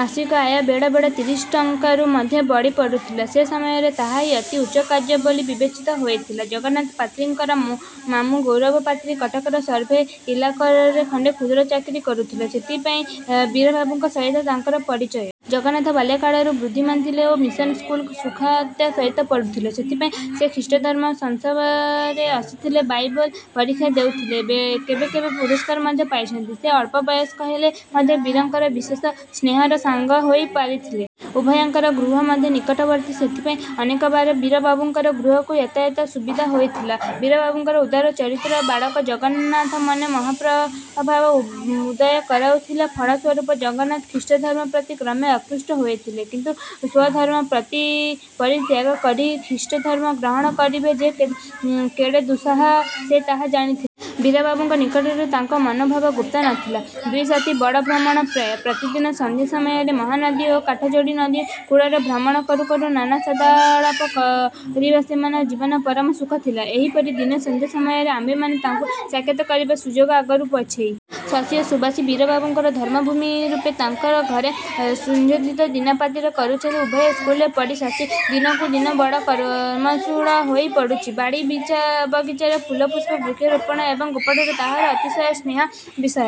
ମାସିକ ଆୟ ବେଳେ ବେଳେ ତିରିଶ ଟଙ୍କାରୁ ମଧ୍ୟ ବଳିପଡ଼ୁଥିଲା। ସେ ସମୟରେ ତାହାହିଁ ଅତି ଉଚ୍ଚକାର୍ଯ୍ୟ ବୋଲି ବିବେଚିତ ହେଉଥିଲା। ଜଗନ୍ନାଥ ପାତ୍ରଙ୍କର ମାମୁଁ ଗୌରାଙ୍ଗ ପାତ୍ର କଟକର ସର୍ଭେ ଇଲାକାରେ ଖଣ୍ଡେ କ୍ଷୁଦ୍ର ଚାକିରୀ କରୁଥିଲେ। ସେଥିପାଇଁ ବୀରବାବୁଙ୍କ ସହିତ ତାଙ୍କର ପରିଚୟ। ଜଗନ୍ନାଥ ବାଲ୍ୟକାଳରୁ ବୁଦ୍ଧିମାନ୍ ଥିଲେ ଓ ମିଶନ୍ ସ୍କୁଲରେ ସୁଖ୍ୟାତି ସହିତ ପଢ଼ୁଥିଲେ। ସେଥିପାଇଁ ସେ ଖ୍ରୀଷ୍ଟଧର୍ମ ସଂସ୍ରବରେ ଆସିଥିଲେ। ବାଇବେଲ୍ ପରୀକ୍ଷା ଦେଉଥିଲେ। କେବେ କେବେ ପୁରସ୍କାର ମଧ୍ୟ ପାଇଛନ୍ତି। ସେ ଅଳ୍ପ ବୟସ୍କ ହେଲେ ମଧ୍ୟ ବୀରଙ୍କର ବିଶେଷ ସ୍ନେହର ସାଙ୍ଗ ହୋଇ ପାରିଥିଲେ। ଉଭୟଙ୍କ ଗୃହ ମଧ୍ୟ ନିକଟବର୍ତ୍ତୀ। ସେଥିପାଇଁ ଅନେକବାର ବୀର ବାବୁଙ୍କ ଗୃହକୁ ଯାତାୟାତର ସୁବିଧା ହୋଇଥିଲା। ବୀରବାବୁଙ୍କ ଉଦାର ଚରିତ୍ର ବାଳକ ଜଗନ୍ନାଥ ମନରେ ମହାଭାବର ଉଦୟ କରାଇଥିଲା। ଫଳସ୍ୱରୂପ ଜଗନ୍ନାଥ ଖ୍ରୀଷ୍ଟଧର୍ମପ୍ରତି କ୍ରମେ ଆକୃଷ୍ଟ ହେଉଥିଲେ। କିନ୍ତୁ ସ୍ୱଧର୍ମ ପରିତ୍ୟାଗ କରିଖ୍ରୀଷ୍ଟଧର୍ମ ଗ୍ରହଣ କରିବା ଯେ କେଡ଼େ ଦଃସାଧ୍ୟ, ସେ ତାହା ଜାଣିଥିଲେ। ବୀରବାବୁଙ୍କ ନିକଟରେ ତାଙ୍କ ମନୋଭାବ ଗୁପ୍ତ ନଥିଲା। ଦୁଇସାଥି ବଡ଼ ଭ୍ରମଣପ୍ରିୟ। ପ୍ରତିଦିନ ସଂଧ୍ୟା ସମୟରେ ମହାନଦୀ ଓ କାଠଯୋଡ଼ୀ ନଦୀ କୂଳରେ ଭ୍ରମଣ କରୁ କରୁ ନାନା ସଦାଳାପ କରିବା ସେମାନଙ୍କ ଜୀବନର ପରମ ସୁଖ ଥିଲା। ଏହିପରି ଦିନେ ସନ୍ଧ୍ୟା ସମୟରେ ଆମ୍ଭେମାନେ ତାଙ୍କୁ ସାକ୍ଷାତ କରିବାର ସୁଯୋଗ ଆଗରୁ ପାଇଛେ। ଶଶୀ ଓ ସୁବାସୀ ବୀରବାବୁଙ୍କ ଧର୍ମ ଭଗ୍ନୀରୂପେ ତାହାଙ୍କ ଘରେ ସ୍ୱଚ୍ଛନ୍ଦରେ ଦିନାତିପାତ କରୁଛନ୍ତି। ଉଭୟେ ସ୍କୁଲରେ ପଢ଼ନ୍ତି। ଶଶୀ ଦିନକୁଦିନ ବଡ଼ କର୍ମକୁଶଳ ହୋଇପଡ଼ୁଛି। ବାଡ଼ି ବଗିଚାରେ ଫଳପୁଷ୍ପ ବୃକ୍ଷ ରୋପଣ ଏବଂ ଗୋପାଳନ ତାହାର ଅତିଶୟ ସ୍ନେହର ବିଷୟ।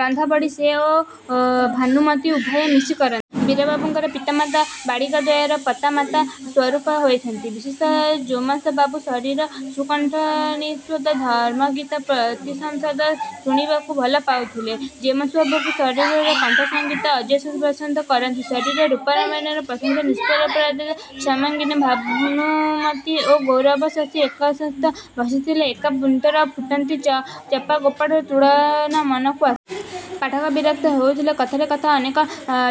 ରନ୍ଧାବଢ଼ା ସେ ଓ ଭାନୁମତୀ ଉଭୟେ ମିଶି କରନ୍ତି। ବୀରବାବୁଙ୍କର ପିତାମାତା ବାଳିକାଦ୍ୱୟର ପତା−ମାତା ସ୍ୱରୂପ ହୋଇଛନ୍ତି। ବିଶେଷତଃ ଜେମସ୍ ବାବୁ ଶଶୀର ସୁକଣ୍ଠନିଃସୃତ ଧର୍ମଗୀତ ପ୍ରତିସଂଧ୍ୟାରେ ଶୁଣିବାକୁ ଭଲ ପାଉଥିଲେ। ଜେମସ୍ବାବୁ ଶଶୀର କଣ୍ଠସଂଗୀତର ଅଜସ୍ର ପ୍ରଶଂସା କରନ୍ତି। ଶଶୀର ରୂପଲାବଣ୍ୟର ପ୍ରଶଂସା ନିଷ୍ପ୍ରୟୋଦନ-। ଶ୍ୟାମାଙ୍ଗୀ ଭାନୁମତୀ ଓ ଗୌରବର୍ଣ୍ଣା ଶଶୀ ଏକସ୍ଥାନରେ ବସିଥିଲେ ଏକା ବୃନ୍ତରେ ଫୁଟନ୍ତା ଚଂପା ଗୋଲାପର ତୁଳନା ମନକୁ ଆସେ। ପାଠକ ବିରକ୍ତ ହେଉଥିବେ। କଥାରେ କଥାରେ ଅନେକ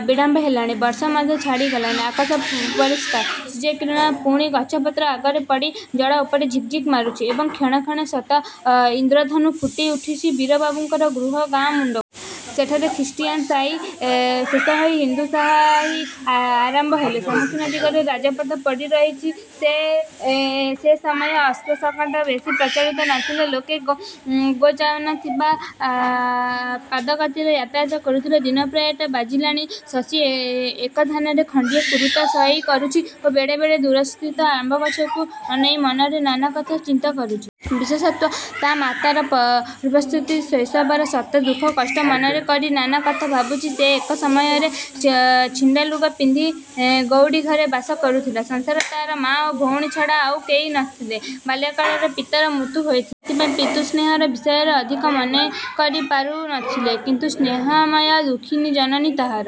ବିଳମ୍ବ ହେଲାଣି। ବର୍ଷା ମଧ୍ୟ ଛାଡ଼ିଗଲାଣି। ଆକାଶ ପରିଷ୍କାର। ସୂର୍ଯ୍ୟ କିରଣ ପୁଣି ଗଛ ପତ୍ରର ଅଗରେ ପଡ଼ି ଜଳ ଉପରେ ଝିକି ଝିକି ମାରୁଛି ଏବଂ କ୍ଷଣେ କ୍ଷଣେ ଶତ ଇନ୍ଦ୍ରଧନୁ ଫୁଟି ଉଠୁଛି। ବୀରବାବୁଙ୍କ ଗୃହ ଗାଁମୁଣ୍ଡକୁ। ସେଠାରେ ଖ୍ରୀଷ୍ଟିୟାନ୍ ସାହି ଶେଷ ହୋଇ ହିନ୍ଦୁ ସାହି ଆରମ୍ଭ ହୋଇଛି। ସମ୍ମୁଖ ଦିଗରେ ରାଜପଥ ପଡ଼ିରହିଛି। ସେ ସମୟ ଅଶ୍ୱ ଶକଟର ବେଶି ପ୍ରଚଳନ ନଥିଲା, ଲୋକେ ଗୋ'ଯାନରେ ଅବା ପାଦଗତିରେ ଯାତାୟାତ କରୁଥିଲେ। ଦିନ ପ୍ରାୟ ଟା ବାଜିଲାଣି। ଶଶୀ ଏକଧ୍ୟାନରେ ଖଣ୍ଡିଏ କୁରୁତା ସିଲାଇ କରୁଛି ଓ ବେଳେବେଳେ ଦୂରସ୍ଥିତ ଆମ୍ବଗଛକୁ ଅନାଇ ମନରେ ନାନା କଥା ଚିନ୍ତା କରୁଚି। ବିଶେଷତଃ ତା ମାତାର ପୂର୍ବସ୍ମୃତି ଶୈଶବର ଶତ ଦୁଃଖ କଷ୍ଟ ମନରେ କରି ନାନା କଥା ଭାବୁଛି। ସେ ଏକ ସମୟରେ ଛିଣ୍ଡାଲୁଗା ପିନ୍ଧି ଗଉଡ଼ଘରେ ବାସ କରୁଥିଲା। ସଂସାରରେ ତାର ମାଆ ଓ ଭଉଣୀ ଛଡ଼ା ଆଉ କେହି ନଥିଲେ। ବାଲ୍ୟକାଳରେ ପିତାର ମୃତ୍ୟୁ ହୋଇଥିଲା। ସେଥିପାଇଁ ପିତୃସ୍ନେହର ବିଷୟରେ ଅଧିକ ମନେକରି ପାରୁ ନଥିଲା। କିନ୍ତୁ ସ୍ନେହମୟୀ ଦୁଃଖିନୀ ଜନନୀ ତାହାର